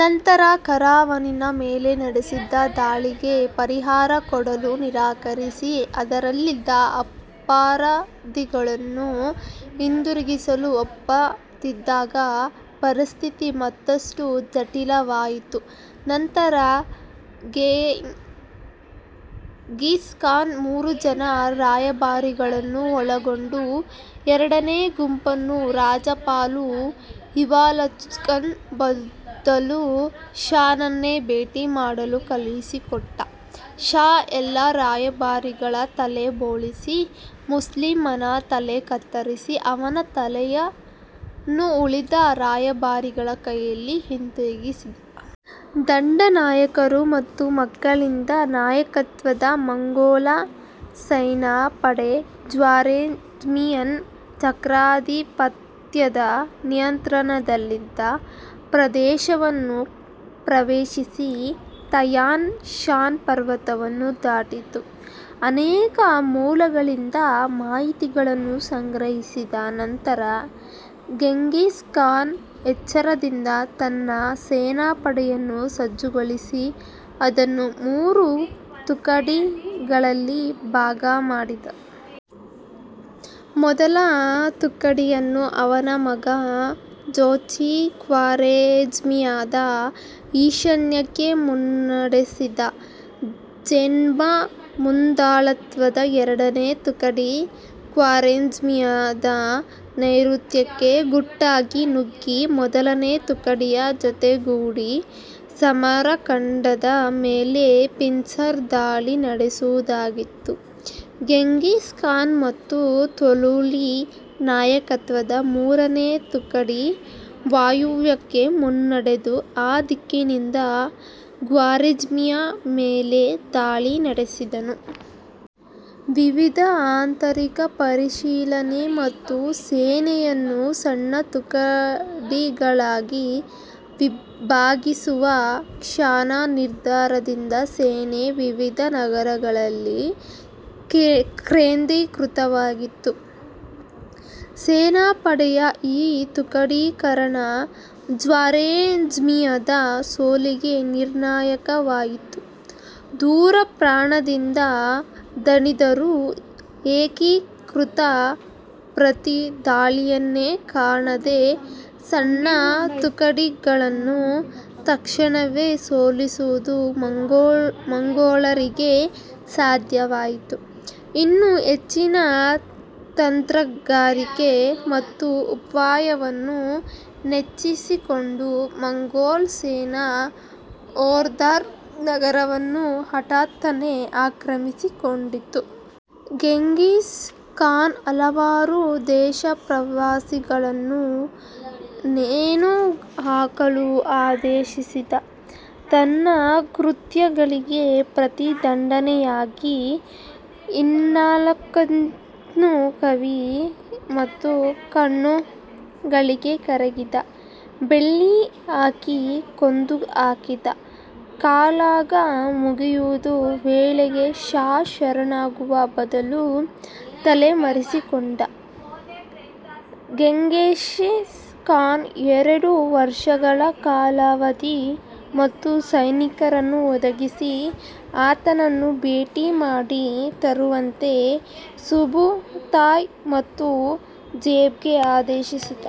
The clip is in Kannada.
ನಂತರ ಕಾರವಾನಿನ ಮೇಲೆ ನಡೆಸಿದ ದಾಳಿಗೆ ಪರಿಹಾರ ಕೊಡಲು ನಿರಾಕರಿಸಿ ಅದರಲ್ಲಿದ್ದ ಅಪರಾಧಿಗಳನ್ನು ಹಿಂದಿರುಗಿಸಲು ಒಪ್ಪದಿದ್ದಾಗ ಪರಿಸ್ಥಿತಿ ಮತ್ತಷ್ಟು ಜಟಿಲವಾಯಿತು. ನಂತರ ಗೆಂಘಿಸ್ ಖಾನ್ ಮೂರು ಜನ ರಾಯಭಾರಿಗಳ ನ್ನು ಒಳಗೊಂಡ ಎರಡನೆ ಗುಂಪನ್ನು ರಾಜ್ಯಪಾಲ ಇವಾಲ್ಚುಕ್ನ ಬದಲು ಷಾನನ್ನೇ ಭೇಟಿ ಮಾಡಲು ಕಳುಹಿಸಿಕೊಟ್ಟ. ಷಾ ಎಲ್ಲ ರಾಯಭಾರಿಗಳ ತಲೆ ಬೋಳಿಸಿ, ಮುಸ್ಲಿಮನ ತಲೆ ಕತ್ತರಿಸಿ ಅವನ ತಲೆಯನ್ನು ಉಳಿದ ರಾಯಭಾರಿಗಳ ಕೈಯಲ್ಲಿ ಹಿಂತಿರುಗಿಸಿದ. ದಂಡ ನಾಯಕರು ಮತ್ತು ಮಕ್ಕಳಿದ್ದ ನಾಯಕತ್ವದ ಮಂಗೋಲ್ ಸೇನಾ ಪಡೆ ಖ್ವಾರೆಝ್ಮಿಯನ್ ಚಕ್ರಾಧಿಪತ್ಯದ ನಿಯಂತ್ರಣದಲ್ಲಿದ್ದ ಪ್ರದೇಶವನ್ನು ಪ್ರವೇಶಿಸಿ ತೈಯನ್ ಶಾನ್ ಪರ್ವತವನ್ನು ದಾಟಿತು. ಅನೇಕ ಮೂಲಗಳಿಂದ ಮಾಹಿತಿಗಳನ್ನು ಸಂಗ್ರಹಿಸಿದ ನಂತರ ಗೆಂಘಿಸ್ ಖಾನ್ ಎಚ್ಚರದಿಂದ ತನ್ನ ಸೇನಾಪಡೆಯನ್ನು ಸಜ್ಜುಗೊಳಿಸಿ ಅದನ್ನು ಮೂರು ತುಕಡಿಗಳಾಗಿ ಭಾಗ ಮಾಡಿದ. ಮೊದಲ ತುಕಡಿಯನ್ನು ಅವನ ಮಗ ಜೋಚಿ ಖ್ವಾರೆಝ್ಮಿಯಾದ ಈಶಾನ್ಯಕ್ಕೆ ಮುನ್ನಡೆಸಿದ. ಜೆಬ್ನ ಮುಂದಾಳತ್ವದ ಎರಡನೇ ತುಕಡಿ ಖ್ವಾರೆಝ್ಮಿಯಾ ದ ನೈರುತ್ಯಕ್ಕೆ ಗುಟ್ಟಾಗಿ ನುಗ್ಗಿ ಮೊದಲನೆ ತುಕಡಿಯ ಜೊತೆಗೂಡಿ ಸಮರಕಂಡದ ಮೇಲೆ ಪಿನ್ಸರ್ ದಾಳಿ ನಡೆಸುವುದಾಗಿತ್ತು. ಗೆಂಘಿಸ್ ಖಾನ್ ಮತ್ತು ತೊಲೂಯಿ ನಾಯಕತ್ವದ ಮೂರನೆಯ ತುಕಡಿ ವಾಯುವ್ಯಕ್ಕೆ ಮುನ್ನಡೆದು ಆ ದಿಕ್ಕಿನಿಂದ ಖ್ವಾರೆಝ್ಮಿಯಾ ಮೇಲೆ ದಾಳಿ ನಡೆಸಿದನು. ವಿವಿಧ ಆಂತರಿಕ ಪರಿಶೀಲನೆ ಮತ್ತು ಸೇನೆಯನ್ನು ಸಣ್ಣ ತುಕಡಿಗಳಾಗಿ ಭಾಗಿಸುವ ಷಾನ ನಿರ್ಧಾರದಿಂದ ಸೇನೆ ವಿವಿಧ ನಗರಗಳಲ್ಲಿ ಕೇಂದ್ರೀಕೃತವಾಗಿತ್ತು. ಸೇನಾಪಡೆಯ ಈ ತುಕಡೀಕರಣ ಖ್ವಾರೆಝ್ಮಿಯಾದ ಸೋಲಿಗೆ ನಿರ್ಣಾಯಕವಾಯಿತು. ದೂರಪ್ರಯಾಣದಿಂದ ದಣಿದಿದ್ದರೂ ಏಕೀಕೃತ ಪ್ರತಿ ದಾಳಿಯನ್ನೇ ಕಾಣದೇ ಸಣ್ಣ ತುಕಡಿಗಳಾನ್ನು ತಕ್ಷಣವೇ ಸೋಲಿಸುವುದು ಮಂಗೋಲರಿಗೆ ಸಾಧ್ಯವಾಯಿತು. ಇನ್ನೂ ಹೆಚ್ಚಿನ ತಂತ್ರಗಾರಿಕೆ ಮತ್ತು ಉಪಾಯವನ್ನು ನೆಚ್ಚಿಕೊಂಡ ಮಂಗೋಲ್ ಸೇನೆ ಒತ್ರಾರ್ ನಗರವನ್ನು ಹಠಾತ್ತನೆ ಆಕ್ರಮಿಸಿಕೊಂಡಿತು. ಗೆಂಘಿಸ್ ಖಾನ್ ಹಲವಾರು ದೇಶವಾಸಿಗಳಾನ್ನು ನೇಣುಹಾಕಲು ಆದೇಶಿಸಿದ, ತನ್ನ ಕೃತ್ಯಗಳಿಗೆ ಪ್ರತಿದಂಡನೆಯಾಗಿ ಇನಾಲ್ಚುಖ್ನ ಕಿವಿ ಮತ್ತು ಕಣ್ಣುಗಳಿಗೆ ಕರಗಿದ ಬೆಳ್ಳಿ ಹಾಕಿ ಕೊಂದು ಹಾಕಿದ. ಕಾಳಗ ಮುಗಿಯುವ ವೇಳೆಗೆ ಷಾ ಶರಣಾಗುವ ಬದಲು ತಲೆಮರೆಸಿಕೊಂಡ. ಗೆಂಘಿಸ್ ಖಾನ್ ಎರಡು ವರ್ಷಗಳ ಕಾಲಾವಧಿ ಮತ್ತು ಸೈನಿಕರನ್ನು ಒದಗಿಸಿ ಆತನನ್ನು ಭೇಟಿಮಾಡಿ ತರುವಂತೆ ಸುಬುತಾಯ್ ಮತ್ತು ಜೆಬ್ಗೆ ಆದೇಶಿಸಿದ.